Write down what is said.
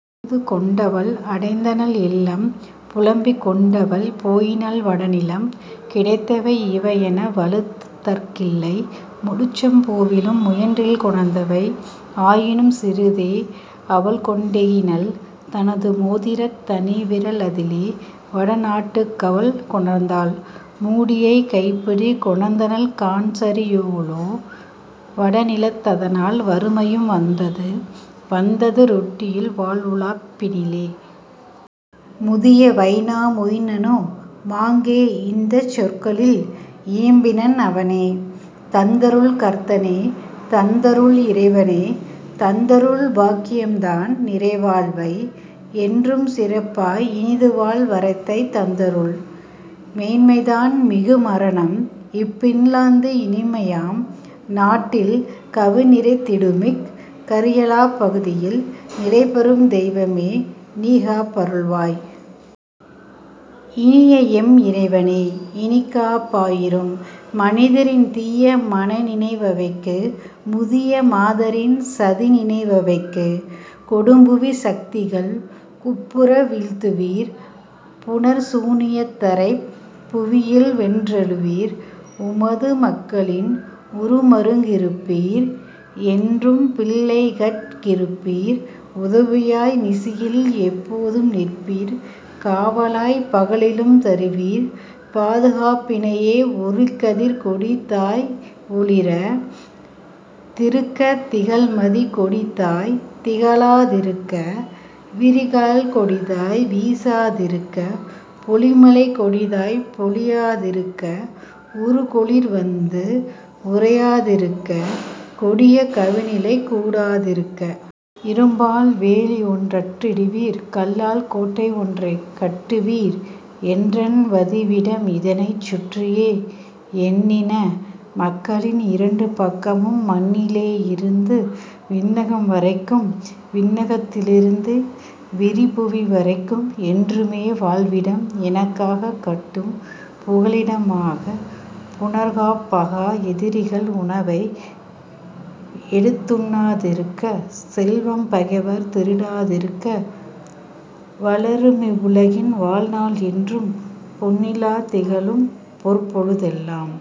" அழுதுகொண் டவள் அடைந்தனள் இல்லம் புலம்பிக் கொண்டவள் போயினள் வடநிலம், கிடைத்தவை இவையென வழுத்துதற் கில்லை முழுச்சம் போவிலும் முயன்றில் கொணர்ந்தவை; ஆயினும் சிறிதே அவள்கொண் டேகினள் தனது மோதிரத் தனிவிர லதிலே; வடநாட் டுக்கவள் கொணர்ந்தாள் மூடியை கைப்பிடி கொணர்ந்தனள் காண்சரி யோலோ; வடநிலத் ததனால் வறுமையும் வந்தது வந்தது ரொட்டியில் வாழ்வுலாப் பினிலே. முதிய வைனா மொயினனு மாங்கே இந்தச் சொற்களில் இயம்பினன் அவனே: "தந்தருள் கர்த்தனே, தந்தருள் இறைவனே! தந்தருள் பாக்கியம் தான்நிறை வாழ்வை என்றும் சிறப்பாய் இனிதுவாழ் வரத்தை தந்தருள் மேன்மை தான்மிகு மரணம் இப்பின் லாந்து இனிமையாம் நாட்டில் கவின்நிறைந் திடுமிக் கர்யலாப் பகுதியில். நிலைபெறும் தெய்வமே, நீகாப் பருள்வாய்! இனியஎம் இறைவனே, இனிக்காப் பாயிரும்! மனிதரின் தீய மனநினை வவைக்கு முதிய மாதரின் சதிநினை வவைக்கு; கொடும்புவிச் சக்திகள் குப்புற வீழ்த்துவீர் புனற்சூ னியத்தரைப் புவியில்வென் றருளுவீர். உமது மக்களின் உறுமருங் கிருப்பீர் என்றும் பிள்ளைகட் கிருப்பீர் உதவியாய் நிசியில்எப் போதும் நிற்பீர் காவலாய் பகலிலும் தருவீர் பாதுகாப் பினையே ஒளிர்கதிர் கொடிதாய் ஒளிரா திருக்க திகழ்மதி கொடிதாய்த் திகழா திருக்க விரிகால் கொடிதாய் வீசா திருக்க பொழிமழை கொடிதாய்ப் பொழியா திருக்க உறுகுளிர் வந்து உறையா திருக்க கொடிய கவிநிலை கூடா திருக்க. இரும்பால் வேலி ஒன்றியற் றிடுவீர் கல்லால் கோட்டை ஒன்றைக் கட்டுவீர் என்றன் வதிவிடம் இதனைச் சுற்றியே என்னின மக்களின் இரண்டு பக்கமும் மண்ணிலே யிருந்து விண்ணகம் வரைக்கும் விண்ணகத் திருந்து விரிபுவி வரைக்கும் என்றுமே வாழ்விடம் எனக்கா கட்டும் புகலிட மாக புனர்காப் பாக எதிரிகள் உணவை எடுத்துணா திருக்க செல்வம் பகைவர் திருடா திருக்க வளருமிவ் வுலகின் வாழ்நாள் என்றும் பொன்னிலாத் திகழும் பொற்பொழு தெல்லாம்!